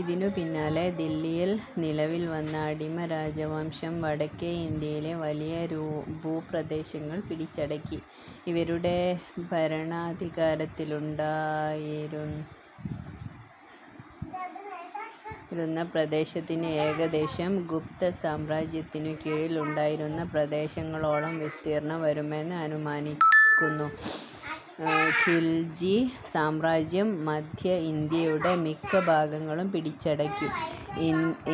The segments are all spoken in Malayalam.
ഇതിനു പിന്നാലെ ദില്ലിയിൽ നിലവിൽ വന്ന അടിമ രാജവംശം വടക്കേ ഇന്ത്യയിലെ വലിയ ഭൂപ്രദേശങ്ങൾ പിടിച്ചടക്കി. ഇവരുടെ ഭരണാധികാരത്തിലുണ്ടായിരുന്ന പ്രദേശത്തിന് ഏകദേശം ഗുപ്തസാമ്രാജ്യത്തിനു കീഴിൽ ഉണ്ടായിരുന്ന പ്രദേശങ്ങളോളം വിസ്തീർണ്ണം വരുമെന്ന് അനുമാനിക്കുന്നു. ഖിൽജി സാമ്രാജ്യവും മദ്ധ്യ ഇന്ത്യയുടെ മിക്ക ഭാഗങ്ങളും പിടിച്ചടക്കി.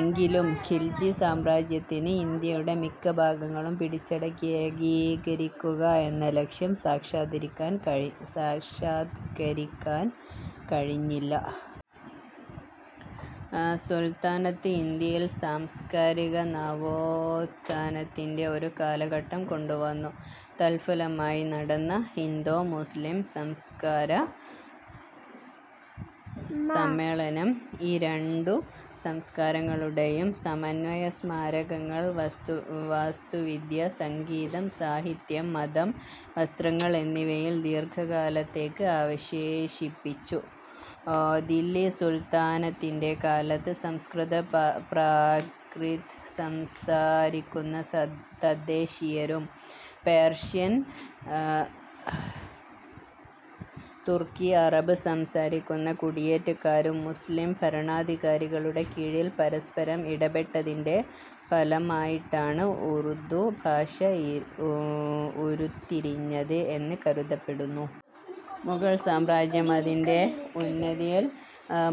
എങ്കിലും ഖിൽജി സാമ്രാജ്യത്തിന് ഇന്ത്യയുടെ മിക്ക ഭാഗങ്ങളും പിടിച്ചടക്കി ഏകീകരിക്കുക എന്ന ലക്ഷ്യം സാക്ഷത്കരിക്കാൻ സാക്ഷാത്കരിക്കാൻ കഴിഞ്ഞില്ല. ആ സുൽത്താനത്ത് ഇന്ത്യയിൽ സാംസ്കാരിക നവോത്ഥാനത്തിന്റെ ഒരു കാലഘട്ടം കൊണ്ടുവന്നു. തത്ഫലമായി നടന്ന "ഇന്തോ-മുസ്ലീം" സംസ്കാര സമ്മേളനം ഈ രണ്ടു സംസ്കാരങ്ങളുടെയും സമന്വയ സ്മാരകങ്ങൾ വാസ്തുവിദ്യ, സംഗീതം, സാഹിത്യം, മതം, വസ്ത്രങ്ങൾ എന്നിവയിൽ ദീർഘകാലത്തേയ്ക്ക് അവശേഷിപ്പിച്ചു. ദില്ലി സുൽത്താനത്തിന്റെ കാലത്ത് സംസ്കൃത പ്രാക്രിത് സംസാരിക്കുന്ന തദ്ദേശീയരും പേർഷ്യൻ, തുർക്കി, അറബ് സംസാരിക്കുന്ന കുടിയേറ്റക്കാരും മുസ്ലീം ഭരണാധികാരികളുടെ കീഴിൽ പരസ്പരം ഇടപെട്ടതിന്റെ ഫലമായിട്ടാണ് ഉർദ്ദു ഭാഷ ഉരുത്തിരിഞ്ഞത് എന്ന് കരുതപ്പെടുന്നു.. മുഗൾ സാമ്രാജ്യം അതിന്റെ ഉന്നതിയിൽ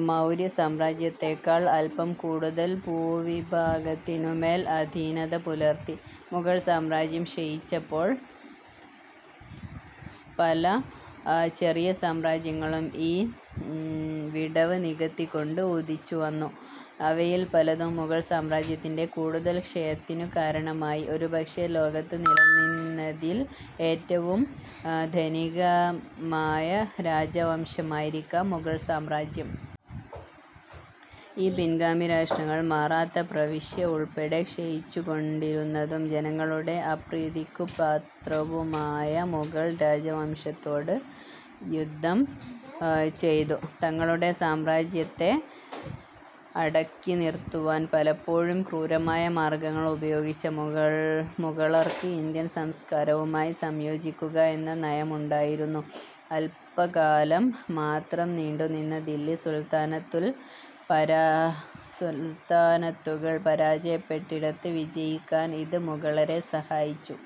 മൗര്യ സാമ്രാജ്യത്തെക്കാൾ അല്പം കൂടുതൽ ഭൂവിഭാഗത്തിനുമേൽ അധീനത പുലർത്തി. മുഗൾ സാമ്രാജ്യം ക്ഷയിച്ചപ്പോൾ പല ചെറിയ സാമ്രാജ്യങ്ങളും ഈ വിടവ് നികത്തിക്കൊണ്ട് ഉദിച്ചുവന്നു. അവയിൽ പലതും മുഗൾ സാമ്രാജ്യത്തിന്റെ കൂടുതൽ ക്ഷയത്തിനു കാരണമായി. ഒരുപക്ഷേ ലോകത്ത് നിലനിന്നതിൽ ഏറ്റവും ധനികമായ രാജവംശമായിരിക്കാം മുഗൾ സാമ്രാജ്യം. ഈ പിൻഗാമി രാഷ്ട്രങ്ങൾ, മറാത്ത പ്രവിശ്യ ഉൾപ്പെടെ ക്ഷയിച്ചുകൊണ്ടിരുന്നതും ജനങ്ങളുടെ അപ്രീതിയ്ക്കു പാത്രവുമായ മുഗൾ രാജവംശത്തോട് യുദ്ധം ചെയ്തു. തങ്ങളുടെ സാമ്രാജ്യത്തെ അടക്കിനിറുത്താൻ പലപ്പൊഴും ക്രൂരമായ മാർഗ്ഗങ്ങൾ ഉപയോഗിച്ച മുഗളർക്ക് ഇന്ത്യൻ സംസ്കാരവുമായി സംയോജിക്കുക എന്ന നയമുണ്ടായിരുന്നു. അല്പകാലം മാത്രം നീണ്ടുനിന്ന ദില്ലി സുൽത്താനത്തുകൾ പരാജയപ്പെട്ടിടത്ത് വിജയിക്കാൻ ഇത് മുഗളരെ സഹായിച്ചു.